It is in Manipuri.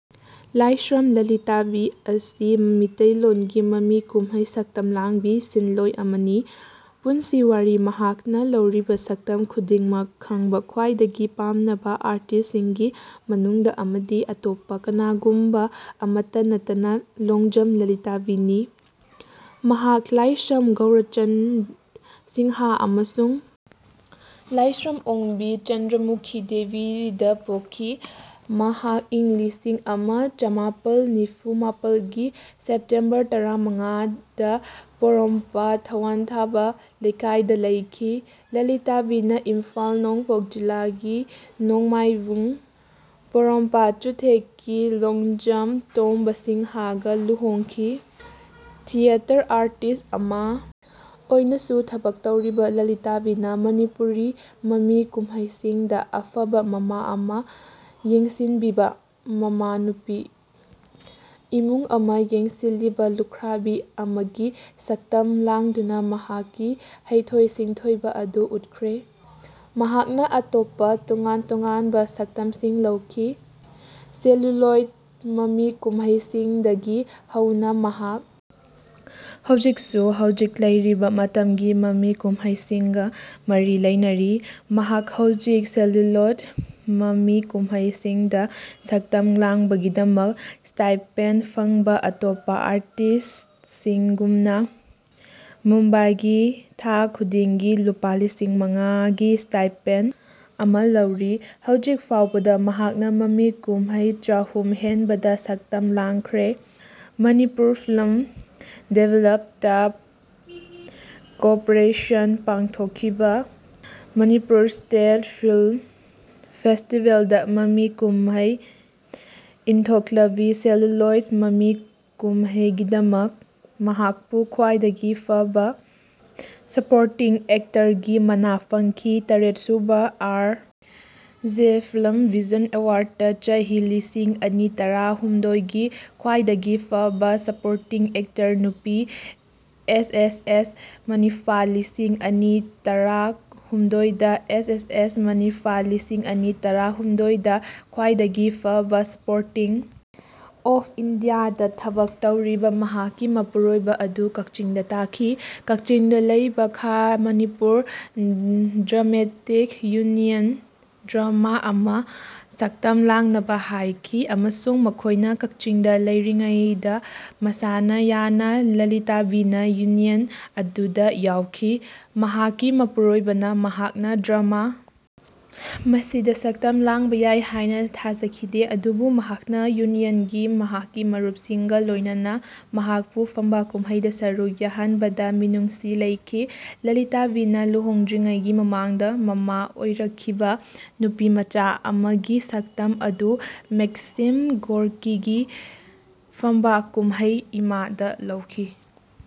ꯂꯥꯏꯁ꯭ꯔꯝ ꯂꯂꯤꯇꯥꯕꯤ ꯑꯁꯤ ꯃꯤꯇꯩꯂꯣꯟꯒꯤ ꯃꯃꯤ ꯀꯨꯝꯍꯩ ꯁꯛꯇꯝ ꯂꯥꯡꯕꯤ ꯁꯤꯟꯂꯣꯏ ꯑꯃꯅꯤ꯫ ꯄꯨꯟꯁꯤ ꯋꯥꯔꯤ ꯃꯍꯥꯛꯅ ꯂꯧꯔꯤꯕ ꯁꯛꯇꯝ ꯈꯨꯗꯤꯡꯃꯛ ꯈꯪꯕ ꯈ꯭ꯋꯥꯏꯗꯒꯤ ꯄꯥꯝꯅꯕ ꯑꯥꯔꯇꯤꯁ꯭ꯠꯁꯤꯡꯒꯤ ꯃꯅꯨꯡꯗ ꯑꯃꯗꯤ ꯑꯇꯣꯞꯄ ꯀꯅꯥꯒꯨꯝꯕ ꯑꯃꯠꯇ ꯅꯠꯇꯅ ꯂꯣꯡꯖꯝ ꯂꯂꯤꯇꯥꯕꯤꯅꯤ꯫ ꯃꯍꯥꯛ ꯂꯥꯏꯁ꯭ꯔꯝ ꯒꯧꯔꯆꯟꯗ ꯁꯤꯡꯍ ꯑꯃꯁꯨꯡ ꯂꯥꯏꯁ꯭ꯔꯝ ꯑꯣꯡꯕꯤ ꯆꯟꯗ꯭ꯔꯃꯨꯈꯤ ꯗꯦꯕꯤꯗ ꯄꯣꯛꯈꯤ꯫ ꯃꯍꯥꯛ ꯏꯪ ꯂꯤꯁꯤꯡ ꯑꯃ ꯆꯥꯃꯥꯄꯜ ꯅꯤꯐꯨ ꯃꯥꯄꯜꯒꯤ ꯁꯦꯞꯇꯦꯝꯕꯔ ꯇꯔꯥ ꯃꯉꯥꯗ ꯄꯣꯔꯣꯝꯄꯠ ꯊꯥꯋꯟꯊꯥꯕꯥ ꯂꯩꯀꯥꯏꯗ ꯂꯩꯈꯤ꯫ ꯂꯂꯤꯇꯥꯕꯤꯅ ꯏꯝꯐꯥꯜ ꯅꯣꯡꯄꯣꯛ ꯖꯤꯂꯥꯒꯤ ꯅꯣꯡꯃꯥꯏꯕꯨꯡ ꯄꯣꯔꯣꯝꯄꯥꯠ ꯆꯨꯊꯦꯛꯀꯤ ꯂꯣꯡꯖꯥꯝ ꯇꯣꯝꯕ ꯁꯤꯡꯍꯒ ꯂꯨꯍꯣꯡꯈꯤ꯫ ꯊꯤꯌꯦꯇꯔ ꯑꯥꯔꯇꯤꯁ꯭ꯠ ꯑꯃ ꯑꯣꯏꯅꯁꯨ ꯊꯕꯛ ꯇꯧꯔꯤꯕ ꯂꯂꯤꯇꯥꯕꯤꯅ ꯃꯅꯤꯄꯨꯔꯤ ꯃꯃꯤ ꯀꯨꯝꯍꯩꯁꯤꯡꯗ ꯑꯐꯕ ꯃꯃꯥ ꯑꯃ, ꯌꯦꯡꯁꯤꯟꯕꯤꯕ ꯃꯃꯥꯅꯨꯄꯤ, ꯏꯃꯨꯡ ꯑꯃ ꯌꯦꯡꯁꯤꯜꯂꯤꯕ ꯂꯨꯈ꯭ꯔꯥꯕꯤ ꯑꯃꯒꯤ ꯁꯛꯇꯝ ꯂꯥꯡꯗꯨꯅ ꯃꯍꯥꯛꯀꯤ ꯍꯩꯊꯣꯏ ꯁꯤꯡꯊꯣꯏꯕ ꯑꯗꯨ ꯎꯠꯈ꯭ꯔꯦ꯫ ꯃꯍꯥꯛꯅ ꯑꯇꯣꯞꯄ ꯇꯣꯉꯥꯟ-ꯇꯣꯉꯥꯟꯕ ꯁꯛꯇꯝꯁꯤꯡ ꯂꯧꯈꯤ꯫ ꯁꯦꯂꯨꯂꯣꯏꯗ ꯃꯃꯤ ꯀꯨꯝꯍꯩꯁꯤꯡꯗꯒꯤ ꯍꯧꯅ ꯃꯍꯥꯛ ꯍꯧꯖꯤꯛꯁꯨ ꯍꯧꯖꯤꯛ ꯂꯩꯔꯤꯕ ꯃꯇꯝꯒꯤ ꯃꯃꯤ ꯀꯨꯝꯍꯩꯁꯤꯡꯒ ꯃꯔꯤ ꯂꯩꯅꯔꯤ꯫ ꯃꯍꯥꯛ ꯍꯧꯖꯤꯛ ꯁꯦꯂꯨꯂꯣꯏꯗ ꯃꯃꯤ ꯀꯨꯝꯍꯩꯁꯤꯡꯗ ꯁꯛꯇꯝ ꯂꯥꯡꯕꯒꯤꯗꯃꯛ ꯁ꯭ꯇꯥꯏꯄꯦꯟ ꯐꯪꯕ ꯑꯇꯣꯞꯄ ꯑꯥꯔꯇꯤꯁꯇꯁꯤꯡꯒꯨꯝꯅ ꯃꯨꯝꯕꯥꯏꯗꯒꯤ ꯊꯥ ꯈꯨꯗꯤꯡꯒꯤ ꯂꯨꯄꯥ ꯂꯤꯁꯤꯡ ꯃꯉꯥꯒꯤ ꯁ꯭ꯇꯥꯏꯄꯦꯟ ꯑꯃ ꯂꯧꯔꯤ꯫ ꯍꯧꯖꯤꯛ ꯐꯥꯎꯕꯗ ꯃꯍꯥꯛꯅ ꯃꯃꯤ ꯀꯨꯝꯍꯩ ꯆꯥꯍꯨꯝ ꯍꯦꯟꯕꯗ ꯁꯛꯇꯝ ꯂꯥꯡꯈ꯭ꯔꯦ꯫ ꯃꯅꯤꯄꯨꯔ ꯐꯤꯜ꯭ꯃ ꯗꯤꯕꯦꯂꯞꯃꯦꯟꯇ ꯀꯣꯔꯄꯣꯔꯦꯁꯟꯅ ꯄꯥꯡꯊꯣꯛꯈꯤꯕ ꯃꯅꯤꯄꯨꯔ ꯁ꯭ꯇꯦꯠ ꯐꯤꯜꯃ ꯐꯦꯁꯇꯤꯕꯦꯜꯗ ꯃꯃꯤ ꯀꯨꯝꯍꯩ ꯏꯟꯊꯣꯛꯂꯕꯤ ꯁꯦꯂꯨꯂꯣꯏꯗ ꯃꯃꯤ ꯀꯨꯝꯍꯩꯒꯤꯗꯃꯛ ꯃꯍꯥꯛꯄꯨ ꯈ꯭ꯋꯥꯏꯗꯒꯤ ꯐꯕ ꯁꯄꯣꯔꯇꯤꯡ ꯑꯦꯛꯇꯔꯒꯤ ꯃꯅꯥ ꯄꯤꯈꯤ, ꯇꯔꯦꯠꯁꯨꯕ ꯑꯥꯔ. ꯖꯦ. ꯐꯤꯜ꯭ꯃ ꯚꯤꯖꯟ ꯑꯦꯋꯥꯔ꯭ꯗꯇ ꯆꯍꯤ -ꯂꯤꯁꯤꯡ ꯑꯅꯤ ꯇꯔꯥ ꯍꯨꯝꯗꯣꯏꯒꯤ ꯈ꯭ꯋꯥꯏꯗꯒꯤ ꯐꯕ ꯁꯄꯣꯔꯇꯤꯡ ꯑꯦꯛꯇꯔ (ꯅꯨꯄꯤ), ꯑꯦꯁ. ꯑꯦꯁ. ꯑꯦꯁ. ꯃꯅꯤꯐꯥ ꯂꯤꯁꯤꯡ ꯑꯅꯤ ꯇꯔꯥ ꯍꯨꯝꯗꯣꯏꯗ ꯑꯦꯁ. ꯑꯦꯁ. ꯑꯦꯁ. ꯃꯅꯤꯐꯥ ꯂꯤꯁꯤꯡ ꯑꯅꯤ ꯇꯔꯥ ꯍꯨꯝꯗꯣꯏꯗ ꯈ꯭ꯋꯥꯏꯗꯒꯤ ꯐꯕ ꯁꯄꯣꯔꯇꯤꯡ ꯑꯣꯐ ꯏꯟꯗꯤꯌꯥꯗ ꯊꯕꯛ ꯇꯧꯔꯤꯕ ꯃꯍꯥꯛꯀꯤ ꯃꯄꯨꯔꯣꯏꯕ ꯑꯗꯨ ꯀꯛꯆꯤꯡꯗ ꯊꯥꯈꯤ꯫ ꯀꯛꯆꯤꯡꯗ ꯂꯩꯕ ꯈꯥ-ꯃꯅꯤꯄꯨꯔ ꯗ꯭ꯔꯥꯃꯦꯇꯤꯛ ꯌꯨꯅꯤꯌꯟꯅ ꯗ꯭ꯔꯃꯥ ꯑꯃꯗ ꯁꯛꯇꯝ ꯂꯥꯡꯅꯕ ꯍꯥꯏꯈꯤ ꯑꯃꯁꯨꯡ ꯃꯈꯣꯏꯅ ꯀꯛꯆꯤꯡꯗ ꯂꯩꯔꯤꯉꯩꯗ ꯃꯁꯥꯅ ꯌꯥꯅ ꯂꯂꯤꯇꯥꯕꯤꯅ ꯌꯨꯅꯤꯌꯟ ꯑꯗꯨꯗ ꯌꯥꯎꯈꯤ꯫ ꯃꯍꯥꯛꯀꯤ ꯃꯄꯨꯔꯣꯏꯕꯅ ꯃꯍꯥꯛꯅ ꯗ꯭ꯔꯃꯥ ꯑꯁꯤꯗ ꯁꯛꯇꯝ ꯂꯥꯡꯕ ꯌꯥꯏ ꯍꯥꯏꯅ ꯊꯥꯖꯈꯤꯗꯦ꯫ ꯑꯗꯨꯕꯨ ꯃꯍꯥꯛꯅ ꯌꯨꯅꯤꯌꯟꯒꯤ ꯃꯍꯥꯛꯀꯤ ꯃꯔꯨꯞꯁꯤꯡꯒ ꯂꯣꯏꯅꯅ ꯃꯍꯥꯛꯄꯨ ꯐꯝꯕꯥꯛ ꯀꯨꯝꯍꯩꯗ ꯁꯔꯨꯛ ꯌꯥꯍꯟꯕꯗ ꯃꯤꯅꯨꯡꯁꯤ ꯂꯩꯈꯤ꯫ ꯂꯂꯤꯇꯥꯕꯤꯅ ꯂꯨꯍꯣꯡꯗ꯭ꯔꯤꯉꯩꯒꯤ ꯃꯃꯥꯡꯗ ꯃꯃꯥ ꯑꯣꯏꯔꯛꯈꯤꯕ ꯅꯨꯄꯤꯃꯆꯥ ꯑꯃꯒꯤ ꯁꯛꯇꯝ ꯑꯗꯨ ꯃꯦꯛꯁꯤꯝ ꯒꯣꯔꯀꯤꯒꯤ ꯐꯝꯕꯥꯛ ꯀꯨꯝꯍꯩ 'ꯏꯃꯥ'ꯗ ꯂꯧꯈꯤ꯫